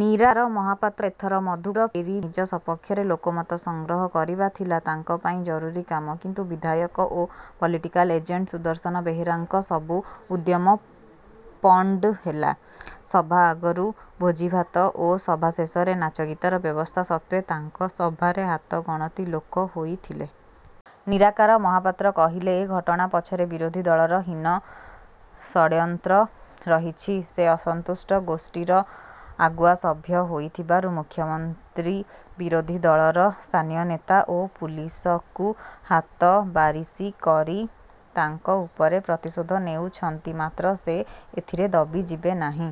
ନିରାର ମହାପାତ୍ର ଏଥର ମଧୁପୁର ଫେରିବାବେଳକୁ ଦିଶୁଥିଲେ ଗୋଟେ ଅପରାଧୀ ପରି। ନିଜ ସପକ୍ଷରେ ଲୋକମତ ସଂଗ୍ରହ କରିବା ଥିଲା ତାଙ୍କ ପାଇଁ ଜରୁରୀ କାମ। କିନ୍ତୁ ବିଧାୟକ ଓ ପଲିଟିକାଲ୍ ଏଜେଣ୍ଟ୍ ସୁଦର୍ଶନ ବେହେରାଙ୍କ ସବୁ ଉଦ୍ୟମ ପଣ୍ଡ ହେଲା। ସଭା ଆଗରୁ ଭୋଜିଭାତ ଓ ସଭା ଶେଷରେ ନାଚଗୀତର ବ୍ୟବସ୍ଥା ସତ୍ତ୍ୱେ ତାଙ୍କ ସଭାରେ ହାତଗଣତି ଲୋକ ହୋଇଥିଲେ। ନିରାକାର ମହାପାତ୍ର କହିଲେ, "ଏ ଘଟଣା ପଛରେ ବିରୋଧୀ ଦଳର ହୀନ ଷଡ୍ଯନ୍ତ୍ର ରହିଛି। ସେ ଅସନ୍ତୁଷ୍ଟ ଗୋଷ୍ଠୀର ଆଗୁଆ ସଭ୍ୟ ହୋଇଥିବାରୁ ମୁଖ୍ୟମନ୍ତ୍ରୀ ବିରୋଧୀ ଦଳର ସ୍ଥାନୀୟ ନେତା ଓ ପୁଲିସକୁ ହାତବାରିସି କରି ତାଙ୍କ ଉପରେ ପ୍ରତିଶୋଧ ନେଉଛନ୍ତି।" ମାତ୍ର ସେ ଏଥିରେ ଦବିଯିବେ ନାହିଁ।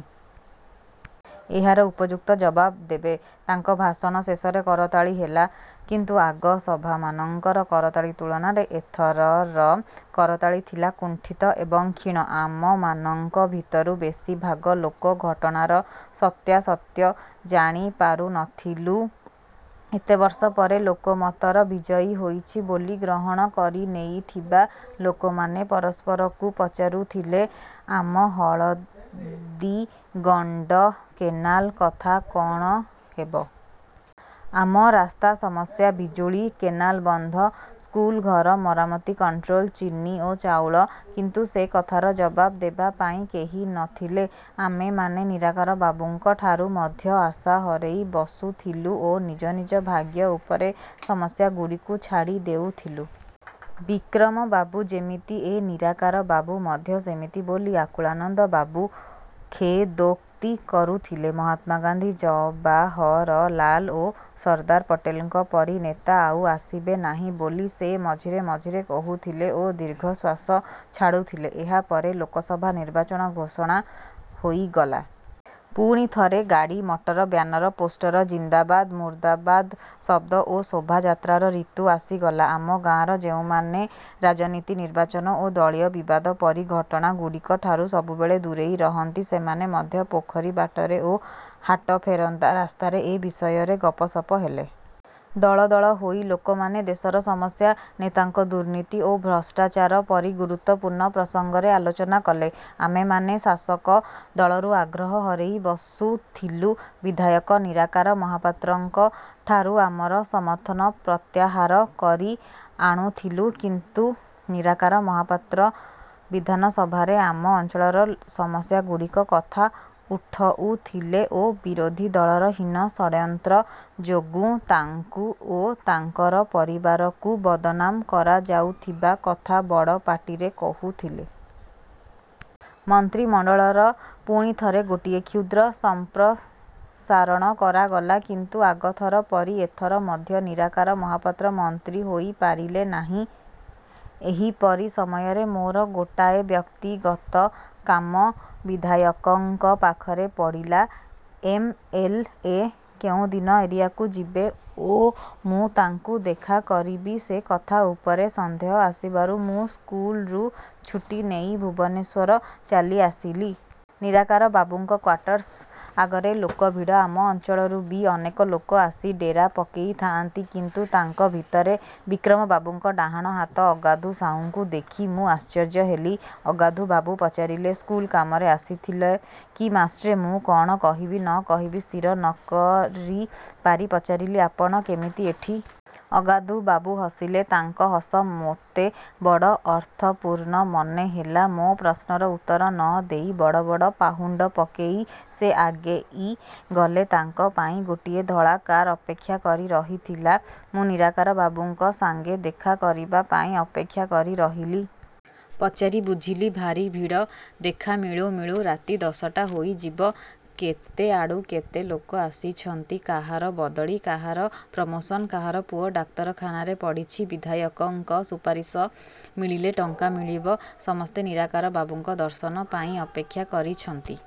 ଏହାର ଉପଯୁକ୍ତ ଜବାବ ଦେବେ। ତାଙ୍କ ଭାଷଣ ଶେଷରେ କରତାଳି ହେଲା। କିନ୍ତୁ ଆଗ ସଭାମାନଙ୍କର କରତାଳି ତୁଳନାରେ ଏଥରର କରତାଳି ଥିଲା କୁଣ୍ଠିତ ଏବଂ କ୍ଷୀଣ। ଆମମାନଙ୍କ ଭିତରୁ ବେଶୀଭାଗ ଲୋକ ଘଟଣାର ସତ୍ୟାସତ୍ୟ ଜାଣିପାରୁନଥିଲୁ। ଏତେବର୍ଷ ପରେ ଲୋକମତର ବିଜୟ ହୋଇଛି ବୋଲି ଗ୍ରହଣ କରିନେଇଥିବା ଲୋକମାନେ ପରସ୍ପରକୁ ପଚାରୁଥିଲେ, ଆମ ହଳଦୀଗଣ୍ଡ କେନାଲ କଥା କଣ ହେବ? ଆମ ରାସ୍ତା ସମସ୍ୟା? ବିଜୁଳି? କେନାଲ ବନ୍ଧ? ସ୍କୁଲ ଘର ମରାମତି? କଣ୍ଟ୍ରୋଲ ଚିନି ଓ ଚାଉଳ? କିନ୍ତୁ ସେ କଥାର ଜବାବ ଦେବା ପାଇଁ କେହି ନ ଥିଲେ। ଆମେମାନେ ନିରାକାର ବାବୁଙ୍କ ଠାରୁ ମଧ୍ୟ ଆଶା ହରେଇ ବସୁଥିଲୁ ଓ ନିଜ ନିଜ ଭାଗ୍ୟ ଉପରେ ସମସ୍ୟାଗୁଡ଼ିକୁ ଛାଡ଼ିଦେଉଥିଲୁ। ବିକ୍ରମବାବୁ ଯେମିତି, ଏ ନିରାକାର ବାବୁ ମଧ୍ୟ ସେମିତି ବୋଲି ଆକୁଳାନନ୍ଦ ବାବୁ ଖେଦୋକ୍ତି କରୁଥିଲେ। ମହାତ୍ମାଗାନ୍ଧୀ, ଜବାହରଲାଲ ଓ ସର୍ଦ୍ଦାର ପଟେଲଙ୍କ ପରି ନେତା ଆଉ ଆସିବେ ନାହିଁ ବୋଲି ସେ ମଝିରେ ମଝିରେ କହୁଥିଲେ ଓ ଦୀର୍ଘଶ୍ୱାସ ଛାଡ଼ୁଥିଲେ। ଏହାପରେ ଲୋକସଭା ନିର୍ବାଚନ ଘୋଷଣା ହୋଇଗଲା। ପୁଣିଥରେ ଗାଡ଼ି ମଟର, ବ୍ୟାନର, ପୋଷ୍ଟର ଜିନ୍ଦାବାଦ, ମୁର୍ଦ୍ଦାବାଦ ଶବ୍ଦ ଓ ଶୋଭଯାତ୍ରାର ଋତୁ ଆସିଗଲା। ଆମ ଗାଁର ଯେଉଁମାନେ ରାଜନୀତି, ନିର୍ବାଚନ ଓ ଦଳୀୟ ବିବାଦ ପରି ଘଟଣା ଗୁଡ଼ିକଠାରୁ ସବୁବେଳେ ଦୂରେଇ ରହନ୍ତି ସେମାନେ ମଧ୍ୟ ପୋଖରୀ ବାଟରେ ଓ ହାଟଫେରନ୍ତା ରାସ୍ତାରେ ଏ ବିଷୟରେ ଗପସପ ହେଲେ। ଦଳଦଳ ହୋଇ ଲୋକମାନେ ଦେଶର ସମସ୍ୟା, ନେତାଙ୍କ ଦୁର୍ନୀତି ଓ ଭ୍ରଷ୍ଟାଚାର ପରି ଗୁରୁତ୍ୱପୂର୍ଣ୍ଣ ପ୍ରସଂଗରେ ଆଲୋଚନା କଲେ। ଆମେମାନେ ଶାସକ ଦଳରୁ ଆଗ୍ରହ ହରେଇ ବସୁଥିଲୁ। ବିଧାୟକ ନିରାକାର ମହାପାତ୍ରଙ୍କ ଠାରୁ ଆମର ସମର୍ଥନ ପ୍ରତ୍ୟାହାର କରି ଆଣୁଥିଲୁ। କିନ୍ତୁ ନିରାକାର ମହାପାତ୍ର ବିଧାନସଭାରେ ଆମ ଅଞ୍ଚଳର ସମସ୍ୟାଗୁଡ଼ିକ କଥା ଉଠଉଥିଲେ ଓ ବିରୋଧୀ ଦଳର ହୀନ ଷଡ୍ଯନ୍ତ୍ର ଯୋଗୁଁ ତାଙ୍କୁ ଓ ତାଙ୍କର ପରିବାରକୁ ବଦନାମ କରାଯାଉଥିବା କଥା ବଡ଼ପାଟିରେ କହୁଥିଲେ। ମନ୍ତ୍ରୀମଣ୍ଡଳର ପୁଣିଥରେ ଗୋଟିଏ କ୍ଷୁଦ୍ର ସଂପ୍ରସାରଣ କରାଗଲା। କିନ୍ତୁ ଆଗଥର ପରି ଏଥର ମଧ୍ୟ ନିରାକାର ମହାପାତ୍ର ମନ୍ତ୍ରୀ ହୋଇପାରିଲେ ନାହିଁ। ଏହିପରି ସମୟରେ ମୋର ଗୋଟାଏ ବ୍ୟକ୍ତିଗତ କାମ ବିଧାୟକଙ୍କ ପାଖରେ ପଡ଼ିଲା। ଏମ ଏଲ ଏ କେଉଁଦିନ ଏରିଆକୁ ଯିବେ ଓ ମୁଁ ତାଙ୍କୁ ଦେଖା କରିବି ସେ କଥା ଉପରେ ସନ୍ଦେହ ଆସିବାରୁ ମୁଁ ସ୍କୁଲରୁ ଛୁଟି ନେଇ ଭୁବନେଶ୍ୱର ଚାଲିଆସିଲି। ନିରାକାର ବାବୁଙ୍କ କ୍ୱାର୍ଟର୍ସ ଆଗରେ ଲୋକଭିଡ଼। ଆମ ଅଞ୍ଚଳରୁ ବି ଅନେକ ଲୋକ ଆସି ଡେରା ପକେଇଥାଆନ୍ତି। କିନ୍ତୁ ତାଙ୍କ ଭିତରେ ବିକ୍ରମବାବୁଙ୍କ ଡାହାଣ ହାତ ଅଗାଧୁ ସାହୁଙ୍କୁ ଦେଖି ମୁଁ ଆଶ୍ଚର୍ଯ୍ୟ ହେଲି। ଅଗାଧୁବାବୁ ପଚାରିଲେ, "ସ୍କୁଲ କାମରେ ଆସିଥିଲେ କି ମାଷ୍ଟ୍ରେ?" ମୁଁ କଣ କହିବି ନ କହିବି ସ୍ଥିର ନ କରିପାରି ପଚାରିଲି, "ଆପଣ କେମିତି ଏଠି?" ଅଗାଧୁବାବୁ ହସିଲେ। ତାଙ୍କ ହସ ମୋତେ ବଡ଼ ଅର୍ଥପୂର୍ଣ୍ଣ ମନେହେଲା। ମୋ ପ୍ରଶ୍ନର ଉତ୍ତର ନ ଦେଇ ବଡ଼ ବଡ଼ ପାହୁଣ୍ଡ ପକେଇ ସେ ଆଗେଇଗଲେ। ତାଙ୍କ ପାଇଁ ଗୋଟିଏ ଧଳା କାର୍ ଅପେକ୍ଷା କରି ରହିଥିଲା। ମୁଁ ନିରାକାର ବାବୁଙ୍କ ସାଂଗେ ଦେଖା କରିବା ପାଇଁ ଅପେକ୍ଷା କରି ରହିଲି। ପଚାରି ବୁଝିଲି, ଭାରି ଭିଡ଼। ଦେଖା ମିଳୁ ମିଳୁ ରାତି ଦଶଟା ହୋଇଯିବ! କେତେ ଆଡୁ କେତେ ଲୋକ ଆସିଛନ୍ତି। କାହାର ବଦଳି, କାହାର ପ୍ରମୋସନ୍, କାହାର ପୁଅ ଡାକ୍ତରଖାନାରେ ପଡ଼ିଛି, ବିଧାୟକଙ୍କ ସୁପାରିସ ମିଳିଲେ ଟଙ୍କା ମିଳିବ। ସମସ୍ତେ ନିରାକାର ବାବୁଙ୍କ ଦର୍ଶନ ପାଇଁ ଅପେକ୍ଷା କରିଛନ୍ତି।